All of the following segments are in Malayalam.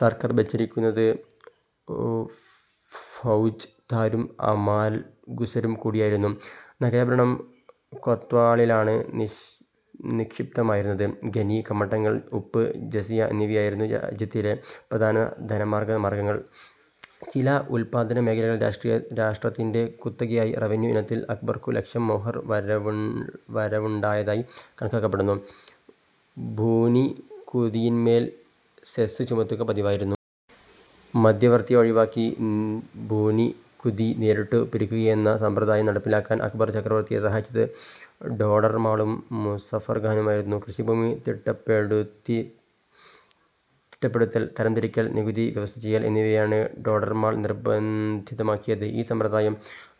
സർക്കാർ ഭരിച്ചിരുന്നത് ഫൌജ്ദാരും അമാൽ ഗുസരും കൂടിയായിരുന്നു. നഗരഭരണം കൊത്ത്വാളിലാണ് നിക്ഷിപ്തമായിരുന്നത്. ഖനി, കമ്മട്ടങ്ങൾ, ഉപ്പ്, ജസിയ എന്നിവയായിരുന്നു രാജ്യത്തിലെ പ്രധാന ധനാഗമന മാർഗങ്ങൾ. ചില ഉത്പാദനമേഖലകൾ രാഷ്ട്രത്തിന്റെ കുത്തകയായി. റവന്യൂ ഇനത്തിൽ അക്ബർക്കു ലക്ഷം മോഹർ വരവുണ്ടായിരുന്നതായി കണക്കാക്കപ്പെടുന്നു. ഭൂനികുതിയിന്മേൽ 'സെസ്സ്' ചുമത്തുക പതിവായിരുന്നു. മധ്യവർത്തിയെ ഒഴിവാക്കി ഭൂനികുതി നേരിട്ടു പിരിക്കുകയെന്ന സമ്പ്രദായം നടപ്പിലാക്കാൻ അക്ബർ ചക്രവർത്തിയെ സഹായിച്ചത് ടോഡർമാളും മുസഫർഖാനുമായിരുന്നു. കൃഷിഭൂമി തിട്ടപ്പെടുത്തൽ, തരംതിരിക്കൽ, നികുതി വ്യവസ്ഥ ചെയ്യൽ എന്നിവയാണ് ടോഡർമാൾ നിർബന്ധിതമാക്കിയത്. ഈ സമ്പ്രദായം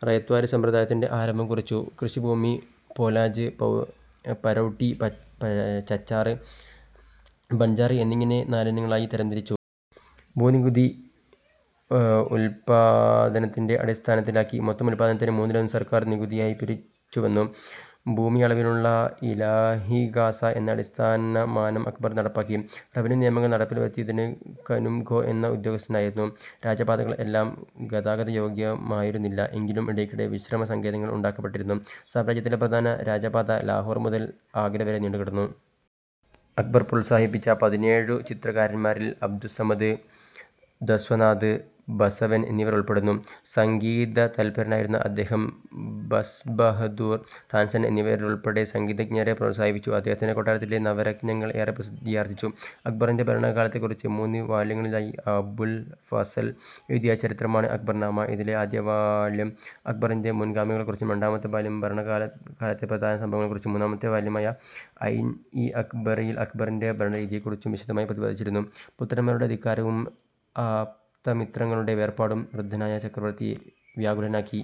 'റയത്ത്വാരി' സമ്പ്രദായത്തിന്റെ ആരംഭം കുറിച്ചു. കൃഷിഭൂമി 'പോലാജ്'; 'പരൌട്ടി'; 'ചച്ചാർ' ബൻജാർ എന്നിങ്ങനെ നാലിനങ്ങളായി തരംതിരിച്ചു. ഭൂനികുതി ഉത്പാദനത്തിന്റെ അടിസ്ഥാനത്തിലാക്കി. മൊത്തം ഉത്പാദനത്തിന്റെ മൂന്നിലൊന്ന് സർക്കാർ നികുതിയായി പിരിച്ചുവന്നു. ഭൂമിയളവിനുള്ള 'ഇലാഹിഗാസ' എന്ന അടിസ്ഥാനമാനം അക്ബർ നടപ്പാക്കി. റവന്യൂ നിയമങ്ങൾ നടപ്പിൽ വരുത്തിയിരുന്നത് 'കനുംഗോ' എന്ന ഉദ്യോഗസ്ഥനായിരുന്നു. രാജപാതകൾ എല്ലാം ഗതാഗതയോഗ്യമായിരുന്നില്ല. എങ്കിലും ഇടയ്ക്കിടെ വിശ്രമസങ്കേതങ്ങൾ ഉണ്ടാക്കപ്പെട്ടിരുന്നു. സാമ്രാജ്യത്തിലെ പ്രധാന രാജപാത ലാഹോർ മുതൽ ആഗ്രവരെ നീണ്ടുകിടന്നു. അക്ബർ പ്രോത്സാഹിപ്പിച്ച പതിനേഴു ചിത്രകാരന്മാരിൽ അബ്ദുസ്സമദ്, ദസ്വനാഥ്, ബസവൻ എന്നിവർ ഉൾപ്പെടുന്നു. സംഗീതതത്പരനായിരുന്ന ഇദ്ദേഹം ബസ്ബഹദൂർ, താൻസൻ എന്നിവരുൾപ്പെടെ സംഗീതജ്ഞരെ പ്രോത്സാഹിപ്പിച്ചു. അദ്ദേഹത്തിന്റെ കൊട്ടാരത്തിലെ നവരത്നങ്ങൾ ഏറെ പ്രസിദ്ധിയാർജിച്ചു: അക്ബറിന്റെ ഭരണകാലത്തെക്കുറിച്ച് മൂന്നു വാല്യങ്ങളിലായി അബുൾ ഫസൽ, എഴുതിയ ചരിത്രമാണ് അക്ബർ നാമ. ഇതിലെ ആദ്യവാല്യം അക്ബറിന്റെ മുൻഗാമികളെക്കുറിച്ചും രണ്ടാമത്തെ വാല്യം ഭരണകാലത്തെ പ്രധാന സംഭവങ്ങളെക്കുറിച്ചും, മൂന്നാമത്തെ വാല്യമായ ഐൻ ഇ അക്ബറിയിൽ അക്ബറിന്റെ ഭരണരീതിയെക്കുറിച്ചും വിശദമായി പ്രതിപാദിച്ചിരിക്കുന്നു പുത്രന്മാരുടെ ധിക്കാരവും ആപ്തമിത്രങ്ങളുടെ വേർപാടും വൃദ്ധനായ ചക്രവർത്തിയെ വ്യാകുലനാക്കി.